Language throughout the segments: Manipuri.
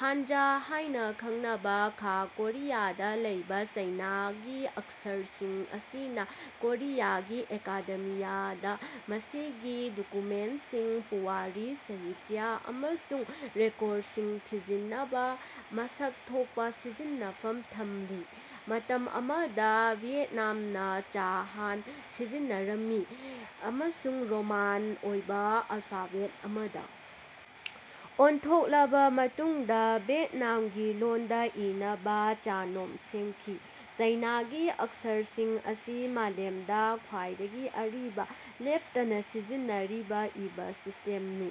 ꯍꯥꯟꯖꯥ ꯍꯥꯏꯅꯥ ꯈꯪꯅꯕꯥ ꯈꯥ ꯀꯣꯔꯤꯌꯥꯗꯥ ꯂꯩꯕꯥ ꯆꯥꯏꯅꯥꯒꯤ ꯑꯛꯁꯔꯁꯤꯡ ꯑꯁꯤꯅꯥ ꯀꯣꯔꯤꯌꯥꯒꯤ ꯑꯦꯀꯥꯗꯦꯃꯤꯌꯥꯗꯥ ꯃꯁꯤꯒꯤ ꯗꯣꯀꯨꯃꯦꯟꯠꯁꯤꯡ ꯄꯨꯋꯥꯔꯤ ꯁꯥꯍꯤꯇ꯭ꯌ ꯑꯃꯁꯨꯡ ꯔꯦꯀꯣꯔꯗꯁꯤꯡ ꯊꯤꯖꯤꯟꯅꯕꯥ ꯃꯁꯛ ꯊꯣꯛꯄꯥ ꯁꯤꯖꯤꯟꯅꯐꯝ ꯊꯝꯂꯤ꯫ ꯃꯇꯝ ꯑꯃꯗꯥ ꯚꯤꯌꯦꯠꯅꯥꯝꯅꯥ ꯆ ꯍꯥꯟ ꯁꯤꯖꯤꯟꯅꯔꯝꯃꯤ ꯑꯃꯁꯨꯡ ꯔꯣꯃꯥꯟ ꯑꯣꯏꯕꯥ ꯑꯜꯐꯥꯕꯦꯠ ꯑꯃꯗꯥ ꯑꯣꯟꯊꯣꯛꯂꯕꯥ ꯃꯇꯨꯡꯗꯥ ꯚꯤꯌꯦꯠꯅꯥꯝꯒꯤ ꯂꯣꯟꯗꯥ ꯏꯅꯕꯥ ꯆ꯭ꯍ ꯅꯣꯝ ꯁꯦꯝꯈꯤ꯫ ꯆꯥꯏꯅꯥꯒꯤ ꯑꯛꯁꯔꯁꯤꯡ ꯑꯁꯤ ꯃꯥꯂꯦꯝꯗꯥ ꯈ꯭ꯋꯥꯏꯗꯒꯤ ꯑꯔꯤꯕꯥ ꯂꯦꯞꯇꯅꯥ ꯁꯤꯖꯤꯟꯅꯔꯤꯕꯥ ꯏꯕꯥ ꯁꯤꯁ꯭ꯇꯦꯝꯅꯤ꯫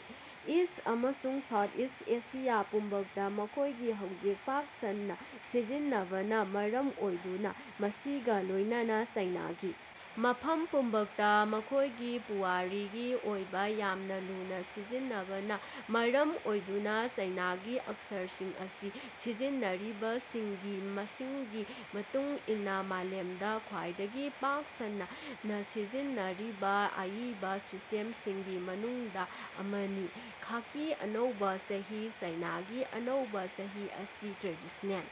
ꯏꯁ꯭ꯠ ꯑꯃꯁꯨꯡ ꯁꯥꯎꯊꯏꯁ꯭ꯠ ꯑꯦꯁꯤꯌꯥ ꯄꯨꯝꯕꯗꯥ ꯃꯈꯣꯏꯒꯤ ꯍꯧꯖꯤꯛ ꯄꯥꯛ ꯁꯟꯅꯥ ꯁꯤꯖꯤꯟꯅꯕꯅꯥ ꯃꯔꯝ ꯑꯣꯏꯗꯨꯅꯥ ꯃꯁꯤꯒꯥ ꯂꯣꯏꯅꯅꯥ ꯆꯥꯏꯅꯥꯒꯤ ꯃꯐꯝ ꯄꯨꯝꯕꯗꯥ ꯃꯈꯣꯏꯒꯤ ꯄꯨꯋꯥꯔꯤꯒꯤ ꯑꯣꯏꯕꯥ ꯌꯥꯝꯅꯥ ꯂꯨꯅꯥ ꯁꯤꯖꯤꯟꯅꯕꯅꯥ ꯃꯔꯝ ꯑꯣꯏꯗꯨꯅꯥ ꯆꯥꯏꯅꯥꯒꯤ ꯑꯛꯁꯔꯁꯤꯡ ꯑꯁꯤ ꯁꯤꯖꯤꯟꯅꯔꯤꯕꯁꯤꯡꯒꯤ ꯃꯁꯤꯡꯒꯤ ꯃꯇꯨꯡ ꯏꯟꯅꯥ ꯃꯥꯂꯦꯝꯗꯥ ꯈ꯭ꯋꯥꯏꯗꯒꯤ ꯄꯥꯛ ꯁꯟꯅꯥ ꯁꯤꯖꯤꯟꯅꯔꯤꯕꯥ ꯑꯏꯕꯥ ꯁꯤꯁ꯭ꯇꯦꯝꯁꯤꯡꯒꯤ ꯃꯅꯨꯡꯗꯥ ꯑꯃꯅꯤ꯫ ꯈꯥꯀꯤ ꯑꯅꯧꯕ ꯆꯍꯤ ꯆꯥꯏꯅꯥꯒꯤ ꯑꯅꯧꯕꯥ ꯆꯍꯤꯑꯁꯤ ꯇ꯭ꯔꯦꯗꯤꯁ꯭ꯅꯦꯜ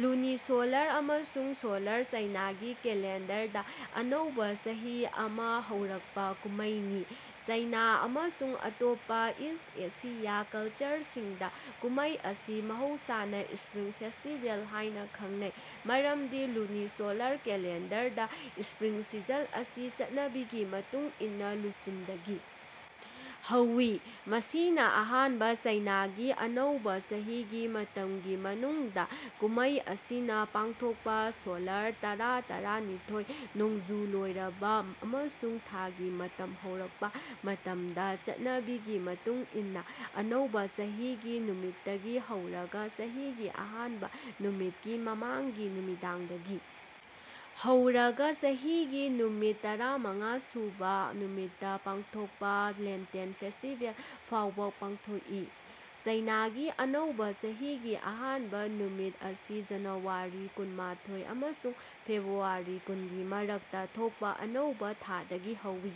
ꯂꯨꯅꯤꯁꯣꯂꯔ ꯑꯃꯁꯨꯡ ꯁꯣꯂꯔ ꯆꯥꯏꯅꯥꯒꯤ ꯀꯦꯂꯦꯟꯗꯔꯗꯥ ꯑꯅꯧꯕ ꯆꯍꯤ ꯑꯃꯥ ꯍꯧꯔꯛꯄ ꯀꯨꯝꯃꯩꯅꯤ꯫ ꯆꯥꯏꯅ ꯑꯃꯁꯨꯡ ꯑꯇꯣꯞꯄꯥ ꯏꯁ꯭ꯠ ꯑꯦꯁꯤꯌꯥꯒꯤ ꯀꯂꯆꯔꯁꯤꯡꯗꯥ ꯀꯨꯝꯃꯩ ꯑꯁꯤ ꯃꯍꯧꯁꯥꯅ ꯁ꯭ꯄꯔꯤꯡ ꯐꯦꯁꯇꯤꯕꯦꯜ ꯍꯥꯏꯅꯥ ꯈꯪꯅꯩ ꯃꯔꯝꯗꯤ ꯂꯨꯅꯤꯁꯣꯂꯥꯔ ꯀꯦꯂꯦꯟꯗꯔꯗꯥ ꯁ꯭ꯄꯔꯤꯡ ꯁꯤꯖꯟ ꯑꯁꯤ ꯆꯠꯅꯕꯤꯒꯤ ꯃꯇꯨꯡ ꯏꯟꯅꯥ ꯂꯤꯆꯨꯟꯗꯒꯤ ꯍꯧꯏ ꯃꯁꯤꯅꯥ ꯑꯍꯥꯟꯕ ꯆꯥꯏꯅꯥꯒꯤ ꯑꯅꯧꯕ ꯆꯍꯤꯒꯤ ꯃꯇꯝꯒꯤ ꯃꯅꯨꯡꯗꯥ ꯀꯨꯝꯃꯩ ꯑꯁꯤꯅꯥ ꯄꯥꯡꯊꯣꯛꯄꯥ ꯁꯣꯂꯥꯔ ꯇꯔꯝ ꯇꯔꯥꯅꯤꯊꯣꯏ꯫ ꯅꯣꯡꯖꯨ ꯂꯣꯏꯔꯕꯥ ꯑꯃꯁꯨꯡ ꯊꯥꯒꯤ ꯃꯇꯝ ꯍꯧꯔꯛꯄꯥ ꯃꯇꯝꯗꯥ ꯆꯠꯅꯕꯤꯒꯤ ꯃꯇꯨꯡ ꯏꯟꯅꯥ ꯑꯅꯧꯕ ꯆꯍꯤꯒꯤ ꯅꯨꯃꯤꯠꯇꯒꯤ ꯍꯧꯔꯒꯥ ꯆꯍꯤꯒꯤ ꯑꯍꯥꯟꯕꯥ ꯅꯨꯃꯤꯠꯀꯤ ꯃꯃꯥꯡꯒꯤ ꯅꯨꯃꯤꯗꯥꯡꯗꯒꯤ ꯍꯧꯔꯒꯥ ꯆꯍꯤꯒꯤ ꯅꯨꯃꯤꯠ ꯇꯔꯥꯃꯉꯥꯁꯨꯕ ꯅꯨꯃꯤꯠꯇꯥ ꯄꯥꯡꯊꯣꯛꯄꯥ ꯂꯦꯟꯇꯦꯟ ꯐꯦꯁꯇꯤꯕꯦꯜ ꯐꯥꯎꯕ ꯄꯥꯡꯊꯣꯛꯏ꯫ ꯆꯥꯏꯅꯥꯒꯤ ꯑꯅꯧꯕꯥ ꯆꯍꯤꯒꯤ ꯑꯍꯥꯟꯕ ꯅꯨꯃꯤꯠ ꯑꯁꯤ ꯖꯅꯨꯋꯥꯔꯤ ꯀꯨꯟꯃꯥꯊꯣꯏ ꯑꯃꯁꯨꯡ ꯐꯦꯕ꯭ꯔꯨꯋꯥꯔꯤ ꯀꯨꯟꯒꯤ ꯃꯔꯛꯇꯥ ꯊꯣꯛꯄꯥ ꯑꯅꯧꯕ ꯊꯥꯗꯒꯤ ꯍꯧꯏ꯫